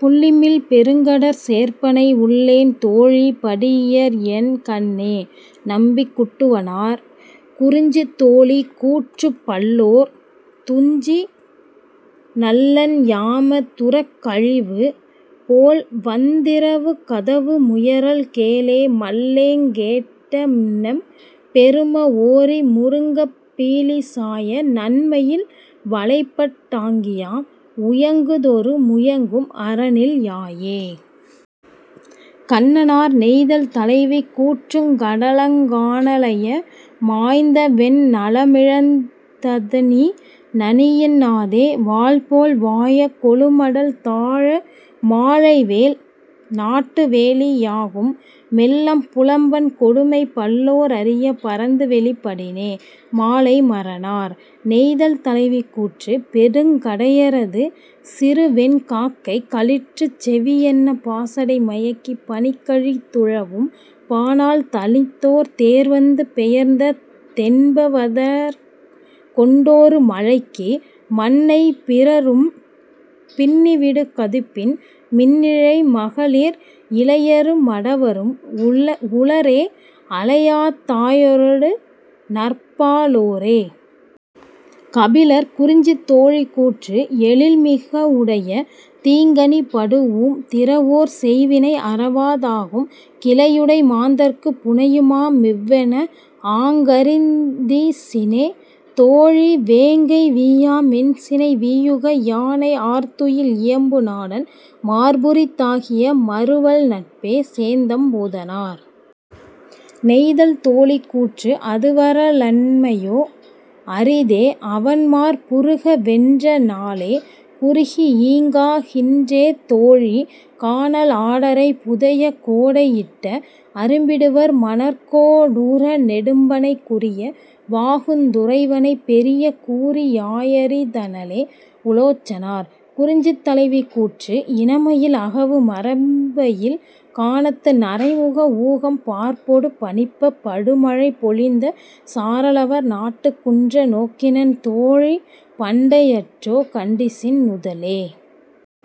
புள்ளிமிழ் பெருங்கடற் சேர்ப்பனை உள்ளேன் தோழி படீஇயர்என் கண்ணே. -நம்பி குட்டுவனார்.. குறிஞ்சி தோழி கூற்று பல்லோர் துஞ்சு நள்ளென் யாமத் துரவுக்களிறு போல்வந் திரவுக்கதவு முயறல் கேளே மல்லேங் கேட்டனெம் பெரும ஓரி முருங்கப் பீலி சாய நன்மயில் வலைப்பட் டாங்கியாம் உயங்குதொறு முயங்கும் அறனில் யாயே. -கண்ணனார்.. நெய்தல் தலைவி கூற்று கடலங் கான லாய மாய்ந்தவென் நலமிழந் ததனினு நனியின் னாதே வாள்போல் வாய கொழுமடல் தாழை மாலைவேல் நாட்டு வேலி யாகும் மெல்லம் புலம்பன் கொடுமை பல்லோர் அறியப் பரந்துவௌிப் படினே. -மாலைமாறனார்.. நெய்தல் தலைவி கூற்று பெருங்கடற் கரையது சிறுவெண் காக்கை களிற்றுச்செவி யன்ன பாசடை மயக்கிப் பனிக்கழி துழவும் பானாள் தனித்தோர் தேர்வந்து பெயர்ந்த தென்ப வதற்கொண் டோரு மலைக்கு மன்னை பிறரும் பின்னுவிடு கதுப்பின் மின்னிழை மகளிர் இளையரு மடவரும் உளரே அலையாத் தாயரொடு நற்பா லோரே. -கபிலர்.. குறிஞ்சி தோழி கூற்று எழின்மிக வுடைய தீங்கணிப் படூஉம் திறவோர் செய்வினை அறவ தாகும் கிளையுடை மாந்தர்க்குப் புணையுமா மிவ்வென ஆங்கறிந் திசினே தோழி வேங்கை வீயா மென்சினை வீயுக யானை ஆர்துயில் இயம்பு நாடன் மார்புரித் தாகிய மறுவில் நட்பே. -சேந்தம் பூதனார்.. நெய்தல் தோழி கூற்று அதுவர லன்மையோ அரிதே அவன்மார் புறுக வென்ற நாளே குறுகி ஈங்கா கின்றே தோழி கானல் ஆடரை புதையக் கோடை யிட்ட அடும்பிவர் மணற்கோ டூர நெடும்பனைக் குறிய வாகுந் துறைவனைப் பெரிய கூறி யாயறிந் தனளே. -உலோச்சனார்.. குறிஞ்சி தலைவி கூற்று இனமயில் அகவு மரம்பயில் கானத்து நரைமுக ஊகம் பார்ப்பொடு பனிப்பப் படுமழை பொழிந்த சாரலவர் நாட்டுக் குன்ற நோக்கினென் தோழி பண்டை யற்றோ கண்டிசின் நுதலே.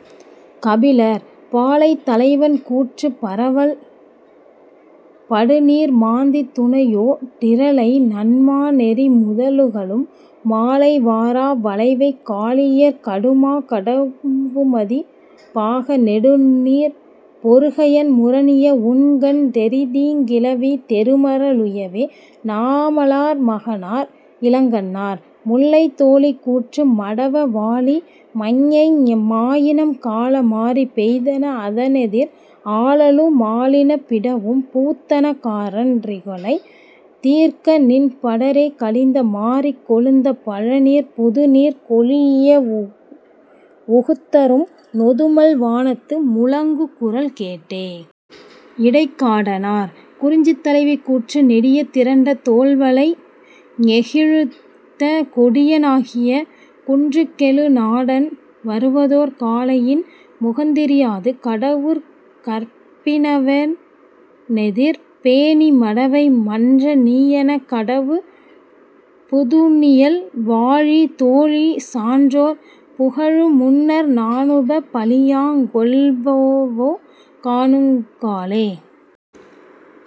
-கபிலர்.. பாலை தலைவன் கூற்று பரலவல் படுநீர் மாந்தித் துணையோ டிரலை நன்மா னெறிமுத லுகளும் மாலை வாரா வளவைக் காலியற் கடுமாக் கடவுமதி பாக நெடுநீர்ப் பொருகயன் முரணிய உண்கண் தெரிதீங் கிளவி தெருமர லுயவே. -நாமலார் மகனார் இளங்கண்ணனார்.. முல்லை தோழி கூற்று மடவ வாழி மஞ்ஞை மாயினம் கால மாரி பெய்தென அதனெதிர் ஆலலு மாலின பிடவும் பூத்தன காரன் றிகுளை தீர்கநின் படரே கழிந்த மாரிக் கொழிந்த பழநீர் புதுநீர் கொளீஇய வுகுத்தரும் நொதுமல் வானத்து முழங்குகுரல் கேட்டே. -இடைக்காடனார்.. குறிஞ்சி தலைவி கூற்று நெடிய திரண்ட தோள்வளை ஞெகிழ்த்த கொடிய னாகிய குன்றுகெழு நாடன் வருவதோர் காலை யின்முகந் திரியாது கடவுட் கற்பி னவனெதிர் பேணி மடவை மன்ற நீயெனக் கடவுபு துனியல் வாழி தோழி சான்றோர் புகழு முன்னர் நாணுப பழியாங் கொல்பவோ காணுங் காலே.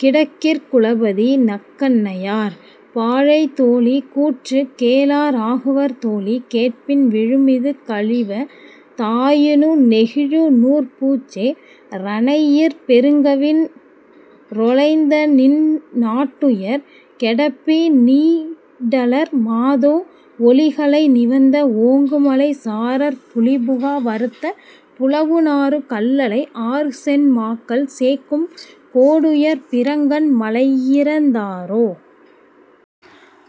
-கிடக்கிற் குலபதி நக்கண்னையார்.. பாலை தோழி கூற்று கேளா ராகுவர் தோழி கேட்பின் விழுமிது கழிவ தாயினு நெகிழ் நூற் பூச்சே ரணையிற் பெருங்கவின் றொலைந்தநின் நாட்டுயர் கெடப்பி னீடலர் மாதோ ஒலிகழை நிவந்த ஓங்குமலைச் சாரற் புலிபுகா வுறுத்த புலவுநாறு கல்லளை ஆறுசென் மாக்கள் சேக்கும் கோடுயர் பிறங்கன் மலையிறந் தோரே.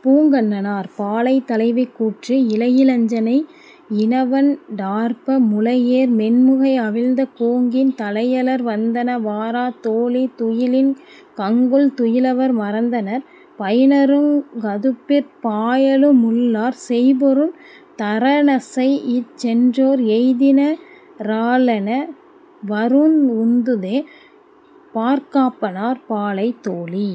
-பூங்கண்ணனார்.. பாலை தலைவி கூற்று இலையி லஞ்சினை யினவண் டார்ப்ப முலையேர் மென்முகை அவிழ்ந்த கோங்கின் தலையலர் வந்தன வாரா தோழி துயிலின் கங்குல் துயிலவர் மறந்தனர் பயினறுங் கதுப்பிற் பாயலு முள்ளார் செய்பொருள் தரனசைஇச் சென்றோர் எய்தின ராலென வரூஉந் தூதே. -பார்காப்பானார்.. பாலை தோழி